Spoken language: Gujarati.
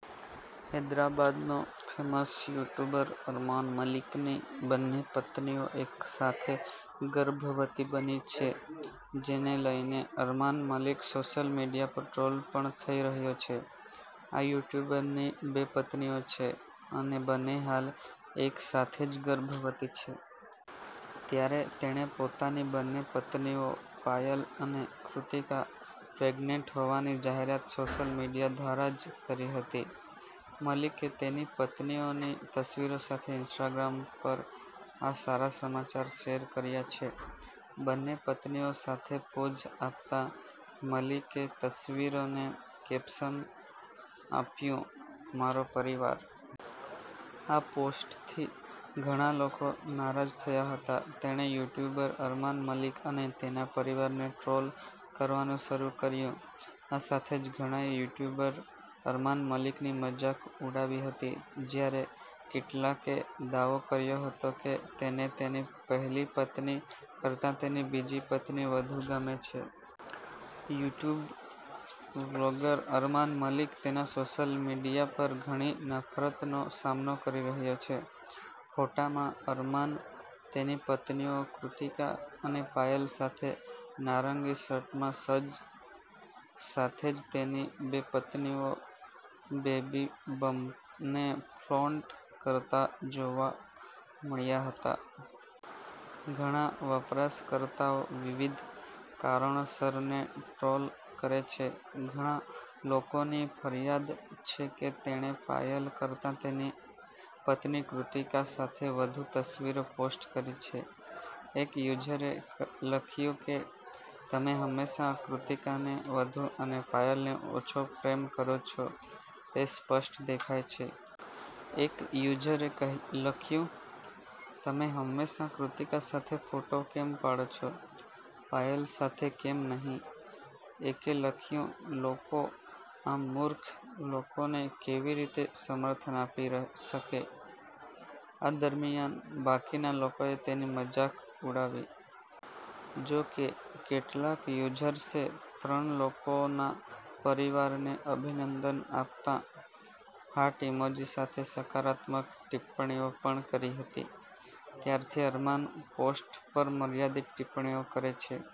હૈદરાબાદ નો ફેમસ યુટ્યુબર અરમાન મલિક ની બંને પત્નીઓ એક જ સાથે ગર્ભવતી બની છે. જેને લઈને અરમાન મલિક સોશિયલ મીડિયા પર ટ્રોલ પણ થઈ રહ્યો છે. આ યુટ્યુબરની બે પત્નીઓ છે અને બંને હાલ એક સાથે જ ગર્ભવતી છે. ત્યારે તેણે પોતાની બંને પત્નીઓ પાયલ અને કૃતિકા પ્રેગનેન્ટ હોવાની જાહેરાત સોશિયલ મીડિયા દ્વારા જ કરી હતી. મલિકે તેની પત્નીઓની તસવીરો સાથે ઈન્સ્ટાગ્રામ પર આ સારા સમાચાર શેર કર્યા છે. બંને પત્નીઓ સાથે પોઝ આપતાં, મલિકે તસવીરોને કેપ્શન આપ્યું, "મારો પરિવાર. " આ પોસ્ટથી ઘણા લોકો નારાજ થયા હતા. તેણે યુટ્યુબર અરમાન મલિક અને તેના પરિવારને ટ્રોલ કરવાનું શરૂ કર્યું. આ સાથે જ ઘણાએ યુટ્યુબર અરમાન મલિકની મજાક ઉડાવી હતી. જ્યારે કેટલાકે દાવો કર્યો હતો કે તેને તેની પહેલી પત્ની કરતાં તેની બીજી પત્ની વધુ ગમે છે. યુટ્યુબ વ્લોગર અરમાન મલિક તેના સોશિયલ મીડિયા પર ઘણી નફરતનો સામનો કરી રહ્યો છે. ફોટામાં, અરમાન, તેની પત્નીઓ કૃતિકા અને પાયલ સાથે નારંગી શર્ટમાં સજ્જ, સાથે જ તેની બે પત્નીઓ બેબી બમ્પને ફ્લોન્ટ કરતા જોવા મળ્યા હતા. ઘણા વપરાશકર્તાઓ વિવિધ કારણોસર ને ટ્રોલ કરે છે. ઘણા લોકોની ફરિયાદ છે કે તેણે પાયલ કરતાં તેની પત્ની કૃતિકા સાથે વધુ તસવીરો પોસ્ટ કરી છે. એક યુઝરે લખ્યું કે, 'તમે હંમેશા કૃતિકાને વધુ અને પાયલને ઓછો પ્રેમ કરો છો, તે સ્પષ્ટ દેખાય છે. ' એક યુઝરે લખ્યું, 'તમે હંમેશા કૃતિકા સાથે ફોટો કેમ પાડો છો, પાયલ સાથે કેમ નહીં. ' એકે લખ્યું, 'લોકો આ મૂર્ખ લોકોને કેવી રીતે સમર્થન આપી શકે. ' આ દરમિયાન, બાકીના લોકોએ તેની મજાક ઉડાવી. જો કે, કેટલાક યુઝર્સે ત્રણ લોકોના પરિવારને અભિનંદન આપતા હાર્ટ ઇમોજી સાથે સકારાત્મક ટિપ્પણીઓ પણ કરી હતી. ત્યારથી અરમાન પોસ્ટ પર મર્યાદિત ટિપ્પણીઓ કરે છે.